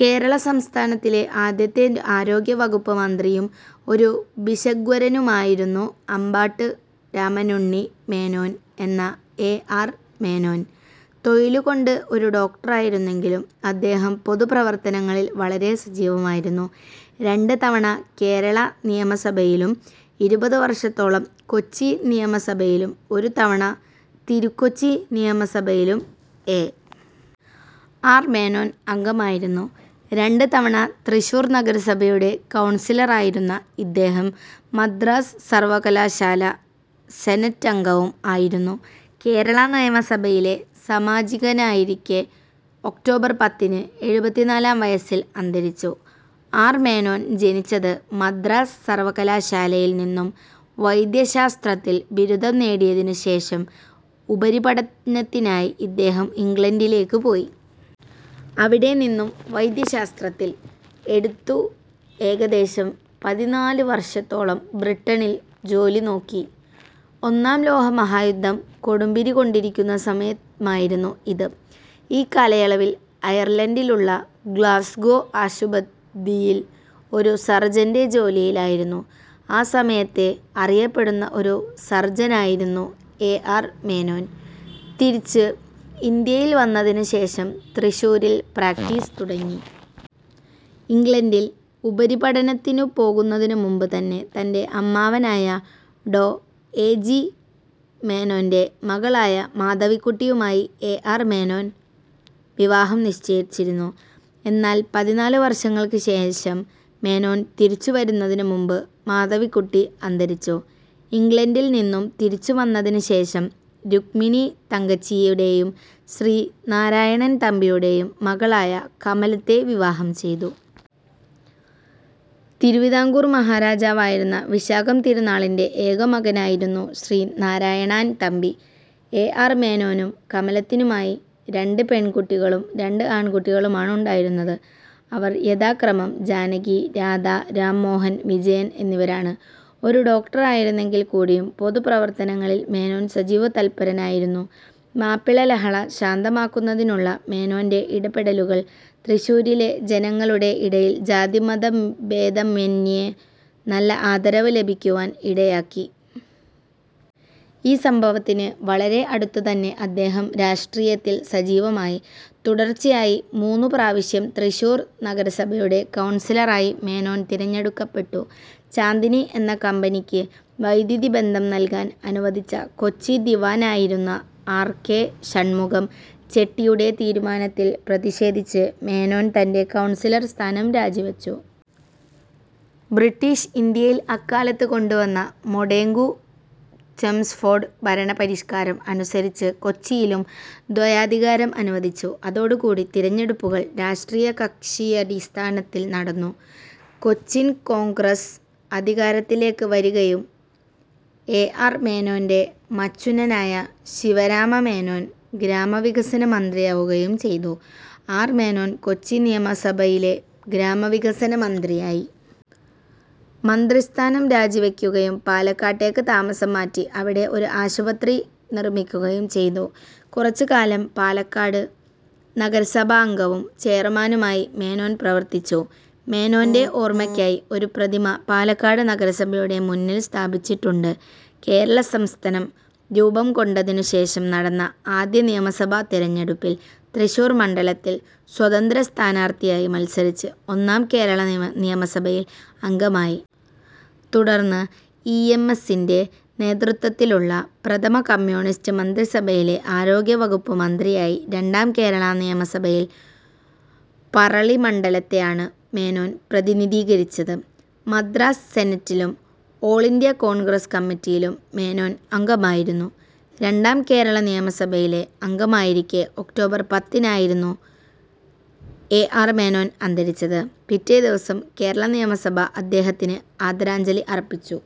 കേരള സംസ്ഥാനത്തിലെ ആദ്യത്തെ ആരോഗ്യവകുപ്പ് മന്ത്രിയും ഒരു ഭിഷഗ്വരനുമായിരുന്നു അമ്പാട്ട് രാമനുണ്ണി മേനോൻ എന്ന എ. ആർ. മേനോൻ. തൊഴിലുകൊണ്ട് ഒരു ഡോക്ടറായിരുന്നെങ്കിലും അദ്ദേഹം പൊതു പ്രവർത്തനങ്ങളിൽ വളരെ സജീവമായിരുന്നു. രണ്ട് തവണ കേരള നിയമസഭയിലും ഇരുപത് വർഷത്തോളം കൊച്ചിനിയമസഭയിലും, ഒരു തവണ തിരുക്കൊച്ചി നിയമസഭയിലും എ. ആർ. മേനോൻ അംഗമായിരുന്നു. രണ്ട് തവണ തൃശൂർ നഗരസഭയുടെ കൗൺസിലറായിരുന്ന ഇദ്ദേഹം മദ്രാസ് സർവകലാശാലാ സെനറ്റംഗവും ആയിരുന്നു. കേരള നിയമസഭയിലെ സമാജികനായിരിക്കെ ഒക്ടോബർ പത്തിന് എഴുപത്തിനാലാം വയസ്സിൽ അന്തരിച്ചു. ആർ. മേനോൻ ജനിച്ചത്. മദ്രാസ് സർവകാലാശാലയിൽ നിന്നും വൈദ്യശാസ്ത്രത്തിൽ ബിരുദം നേടിയതിനു ശേഷം ഉപരിപഠനത്തിനായി ഇദ്ദേഹം ഇംഗ്ലണ്ടിലേക്ക് പോയി. അവിടെ നിന്നും വൈദ്യശാത്രത്തിൽ, എടുത്തു, ഏകദേശം പതിനാല് വർഷത്തോളം ബ്രിട്ടനിൽ ജോലിനോക്കി. ഒന്നാം ലോകമഹായുദ്ധം കൊടുമ്പിരിക്കൊണ്ടിരിക്കുന്ന സമയമായിരുന്നു ഇത്. ഈ കാലയളവിൽ അയർലന്റിലുള്ള ഗ്ലാസ്ഗോ ആശുപതിയിൽ ഒരു സർജന്റെ ജോലിയായിരുന്നു. ആ സമയത്തെ അറിയപ്പെടുന്ന ഒരു സർജനായിരുന്നു എ. ആർ. മേനോൻ. തിരിച്ച് ഇന്ത്യയിൽ വന്നതിനു ശേഷം തൃശ്ശൂരിൽ പ്രാക്ടീസ് തുടങ്ങി. ഇംഗ്ലണ്ടിൽ ഉപരിപഠനത്തിനു പോകുന്നതിനു മുൻപ് തന്നെ തന്റെ അമ്മാവനായ ഡോ. എ. ജി. മേനോന്റെ മകളായ മാധവിക്കുട്ടിയുമായി എ. ആർ. മേനോൻ വിവാഹം നിശ്ചയിച്ചിരുന്നു. എന്നാൽ പതിനാല് വർഷങ്ങൾക്ക് ശേഷം മേനോൻ തിരിച്ചു വരുന്നതിനു മുൻപ് മാധവിക്കുട്ടി അന്തരിച്ചു. ഇംഗ്ലണ്ടിൽ നിന്നും തിരിച്ചു വന്നതിനു ശേഷം രുക്മിണി തങ്കച്ചിയുടെയും ശ്രീ നാരായണാൻ തമ്പിയുടേയും മകളായ കമലത്തെ വിവാഹം ചെയ്തു. തിരുവിതാംകൂർ മഹാരാജാവായിരുന്ന വിശാഖം തിരുനാളിന്റെ ഏകമകനായിരുന്നു ശ്രീ നാരായണാൻ തമ്പി. എ. ആർ. മേനോനും കമലത്തിനുമായി രണ്ട് പെൺകുട്ടികളും രണ്ട് ആൺകുട്ടികളുമാണുണ്ടായിരുന്നത് അവർ യഥാക്രമം ജാനകി, രാധ, രാം മോഹൻ, വിജയൻ എന്നിവരാണ്. ഒരു ഡോക്ടറായിരുന്നെങ്കിൽ കൂടിയും പൊതു പ്രവർത്തനങ്ങളിൽ മേനോൻ സജീവ തല്പരനായിരുന്നു. മാപ്പിള ലഹള ശാന്തമാക്കുന്നതിലുള്ള മേനോന്റെ ഇടപെടലുകൾ തൃശൂരിലെ ജനങ്ങളുടെ ഇടയിൽ ജാതിമത ഭേദമെന്യേ നല്ല ആദരവ് ലഭിക്കുവാൻ ഇടയാക്കി. ഈ സംഭവത്തിന് വളരെ അടുത്ത് തന്നെ അദ്ദേഹം രാഷ്ട്രീയത്തിൽ സജീവമായി. തുടർച്ചയായി മൂന്നു പ്രാവശ്യം തൃശ്ശൂർ നഗരസഭയുടെ കൗൺസിലറായി മേനോൻ തിരഞ്ഞെടുക്കപ്പെട്ടു. ചാന്ദിനി എന്ന കമ്പനിക്ക് വൈദ്യുതിബന്ധം നൽകാൻ അനുവദിച്ച കൊച്ചി ദിവാനായിരുന്ന ആർ. കെ. ഷണ്മുഖം ചെട്ടിയുടെ തീരുമാനത്തിൽ പ്രതിഷേധിച്ച് മേനോൻ തന്റെ കൗൺസിലർ സ്ഥാനം രാജിവച്ചു. ബ്രിട്ടീഷ് ഇന്ത്യയിൽ അക്കാലത്ത് കൊണ്ടുവന്ന മൊണ്ടേഗു ചെംസ്ഫോർഡ് ഭരണപരിഷാകാരം അനുസരിച്ച് കൊച്ചിയിലും ദ്വയാധികാരം അനുവദിച്ചു. അതോടുകൂടി തിരഞ്ഞെടുപ്പുകൾ രാഷ്ട്രീയ കക്ഷിയടിസ്ഥാനത്തിൽ നടന്നു. കൊച്ചിൻ കോൺഗ്രസ്സ് അധികാരത്തിലേക്ക് വരികയും എ. ആർ. മേനോന്റെ മച്ചുനനായ ശിവരാമമേനോൻ ഗ്രാമവികസന മന്ത്രിയാവുകയും ചെയ്തു. ആർ. മേനോൻ കൊച്ചി നിയമസഭയിലെ ഗ്രാമവികസന മന്ത്രിയായി. മന്ത്രിസ്ഥാനം രാജിവയ്ക്കുകയും പാലക്കാട്ടേക്ക് താമസം മാറ്റി അവിടെ ഒരു ആശുപത്രി നിർമ്മിക്കുകയും ചെയ്തു. കുറച്ച് കാലം പാലക്കാട് നഗരസഭാംഗവും ചെയർമാനുമായി മേനോൻ പ്രവർത്തിച്ചു. മേനോന്റെ ഓർമ്മയ്ക്കയി ഒരു പ്രതിമ പാലക്കാട് നഗരസഭയുടെ മുന്നിൽ സ്ഥാപിച്ചിട്ടുണ്ട്. കേരള സംസ്ഥനം രൂപംകൊണ്ടതിനു ശേഷം നടന്ന ആദ്യ നിയമസഭാ തെരഞ്ഞെടുപ്പിൽ തൃശ്ശൂർ മണ്ഡലത്തിൽ സ്വതന്ത്ര സ്ഥാനാർത്ഥിയായി മത്സരിച്ച് ഒന്നാം കേരളനിയമ നിയമസഭയിൽ അംഗമായി. തുടർന്ന് ഇ. എം. എസിന്റെ നേതൃത്വത്തിലുള്ള പ്രഥമ കമ്മ്യൂണിസ്റ്റ് മന്ത്രിസഭയിലെ ആരോഗ്യവകുപ്പ് മന്ത്രിയായി. രണ്ടാം കേരളാ നിയമസഭയിൽ പറളി മണ്ഡലത്തെയാണ് മേനോൻ പ്രതിനിധീകരിച്ചത്. മദ്രാസ് സെനറ്റിലും, ഓൾ ഇന്ത്യാ കോൺഗ്രസ് കമ്മിറ്റിയിലും മേനോൻ അംഗമായിരുന്നു. രണ്ടാം കേരളനിയമസഭയിലെ അംഗമായിരിക്കെ ഒക്ടോബർ പത്തിനായിരുന്നു എ. ആർ. മേനോൻ അന്തരിച്ചത്. പിറ്റേദിവസം കേരള നിയമസഭ അദ്ദേഹത്തിന് അദാരഞ്ജലി അർപ്പിച്ചു.